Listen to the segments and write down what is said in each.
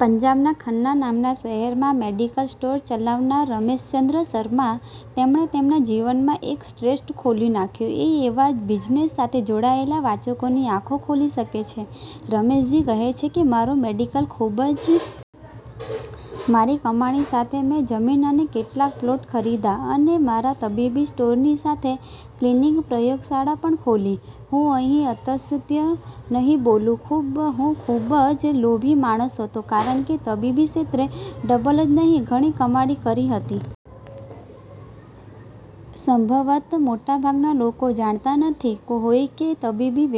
પંજાબના 'ખન્ના' નામના શહેરમાં મેડિકલ સ્ટોર ચલાવનાર રમેશચંદ્ર શર્મા; તેમણે તેમના જીવનમાં એક પૃષ્ઠ ખોલી નાખ્યું, જે આવા બિઝનેસ સાથે જોડાયેલા વાચકોની આંખો ખોલી શકે છે. રમેશજી કહે છે કે મારો મેડિકલ સ્ટોર ખૂબ જ સારી રીતે ચાલતો હતો અને મારી આર્થિક સ્થિતિ પણ ઘણી સારી હતી. મારી કમાણી સાથે મેં જમીન અને કેટલાક પ્લોટ ખરીદ્યા અને મારા તબીબી સ્ટોરની સાથે ક્લિનિકલ પ્રયોગશાળા પણ ખોલી. હું અહીં અસત્ય નહીં બોલું. હું ખૂબ જ લોભી માણસ હતો, કારણ કે તબીબી ક્ષેત્રે ડબલ જ નહીં, ઘણી કમાણી કરી હતી. સંભવત: મોટાભાગના લોકો જાણતા નહીં હોય કે તબીબી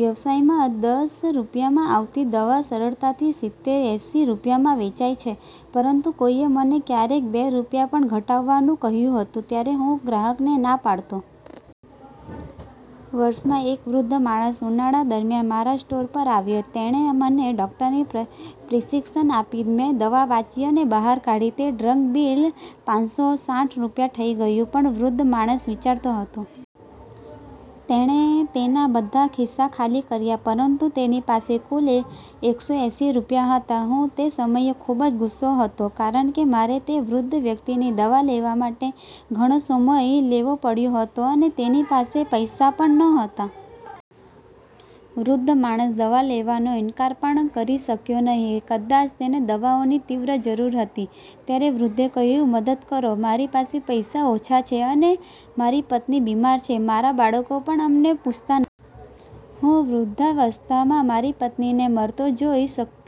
વ્યવસાયમાં દસ રૂપિયામાં આવતી દવા સરળતાથી સિત્તેર -એંસી રૂપિયામાં વેચાય છે. પરંતુ કોઈએ મને ક્યારેક બે રૂપિયા પણ ઘટાડવાનું કહ્યું હતું, ત્યારે હું ગ્રાહકને ના પાડતો. વર્ષ માં એક વૃદ્ધ માણસ ઉનાળા દરમિયાન મારા સ્ટોર પર આવ્યો. તેણે મને ડૉક્ટરની પ્રિસ્ક્રિપ્શન આપી. મેં દવા વાંચી અને બહાર કાઢી તે ડ્રગ બિલ પાનસો સાઠ રૂપિયા થઈ ગયું. પણ વૃદ્ધ માણસ વિચારતો હતો. તેણે તેના બધાં ખિસ્સાં ખાલી કર્યાં, પરંતુ તેની પાસે કુલ એકસો એંસી રૂપિયા હતા. હું તે સમયે ખૂબ જ ગુસ્સે હતો, કારણ કે મારે તે વૃદ્ધ વ્યક્તિની દવા લેવા માટે ઘણો સમય લેવો પડ્યો હતો અને તેની પાસે પૈસા પણ નહોતા. વૃદ્ધ માણસ દવા લેવાનો ઇનકાર પણ કરી શક્યો નહીં. કદાચ તેને દવાઓની તીવ્ર જરૂર હતી. ત્યારે વૃદ્ધે કહ્યું, "મદદ કરો. મારી પાસે પૈસા ઓછા છે અને મારી પત્ની બીમાર છે. અમારાં બાળકો પણ અમને પૂછતાં નથી. હું વૃદ્ધાવસ્થામાં મારી પત્નીને મરતો જોઈ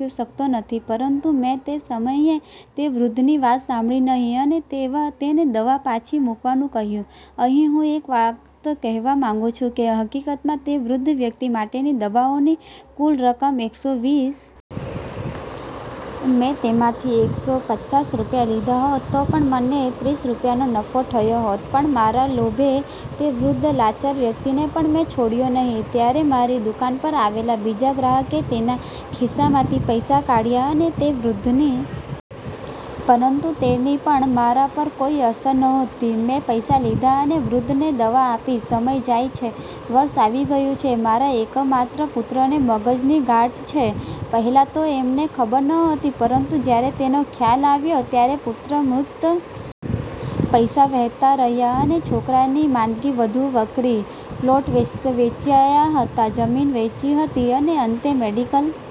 શકતો નથી. " પરંતુ મેં તે સમયે તે વૃદ્ધની વાત સાંભળી નહીં અને તેને દવા પાછી મૂકવાનું કહ્યું. અહીં હું એક વાત કહેવા માંગુ છું કે હકીકતમાં તે વૃદ્ધ વ્યક્તિ માટેની દવાઓની કુલ રકમ એકસો વીસ રૂપિયા હતી. મેં તેમાંથી એકસો પચાસ રૂપિયા લીધા હોત તો પણ મને ત્રીસ રૂપિયાનો નફો થયો હોત. પણ મારા લોભે તે વૃદ્ધ લાચાર વ્યક્તિને પણ મેં છોડ્યો નહીં. ત્યારે મારી દુકાન પર આવેલા બીજા ગ્રાહકે તેના ખિસ્સામાંથી પૈસા કાઢયા અને તે વૃદ્ધની દવા ખરીદી. પરંતુ તેની પણ મારા પર કોઈ અસર નહોતી. મેં પૈસા લીધા અને વૃદ્ધને દવા આપી. સમય જાય છે. વર્ષ આવી ગયું છે. મારા એકમાત્ર પુત્રને મગજની ગાંઠ છે. પહેલાં તો અમને ખબર નહોતી, પરંતુ જ્યારે તેનો ખ્યાલ આવ્યો ત્યારે પુત્ર મૃત્યુની ધાર પર હતો. પૈસા વહેતા રહ્યા અને છોકરાની માંદગી વધુ વકરી. પ્લોટ વેચાયા હતા, જમીન વેચી હતી અને અંતે મેડિકલ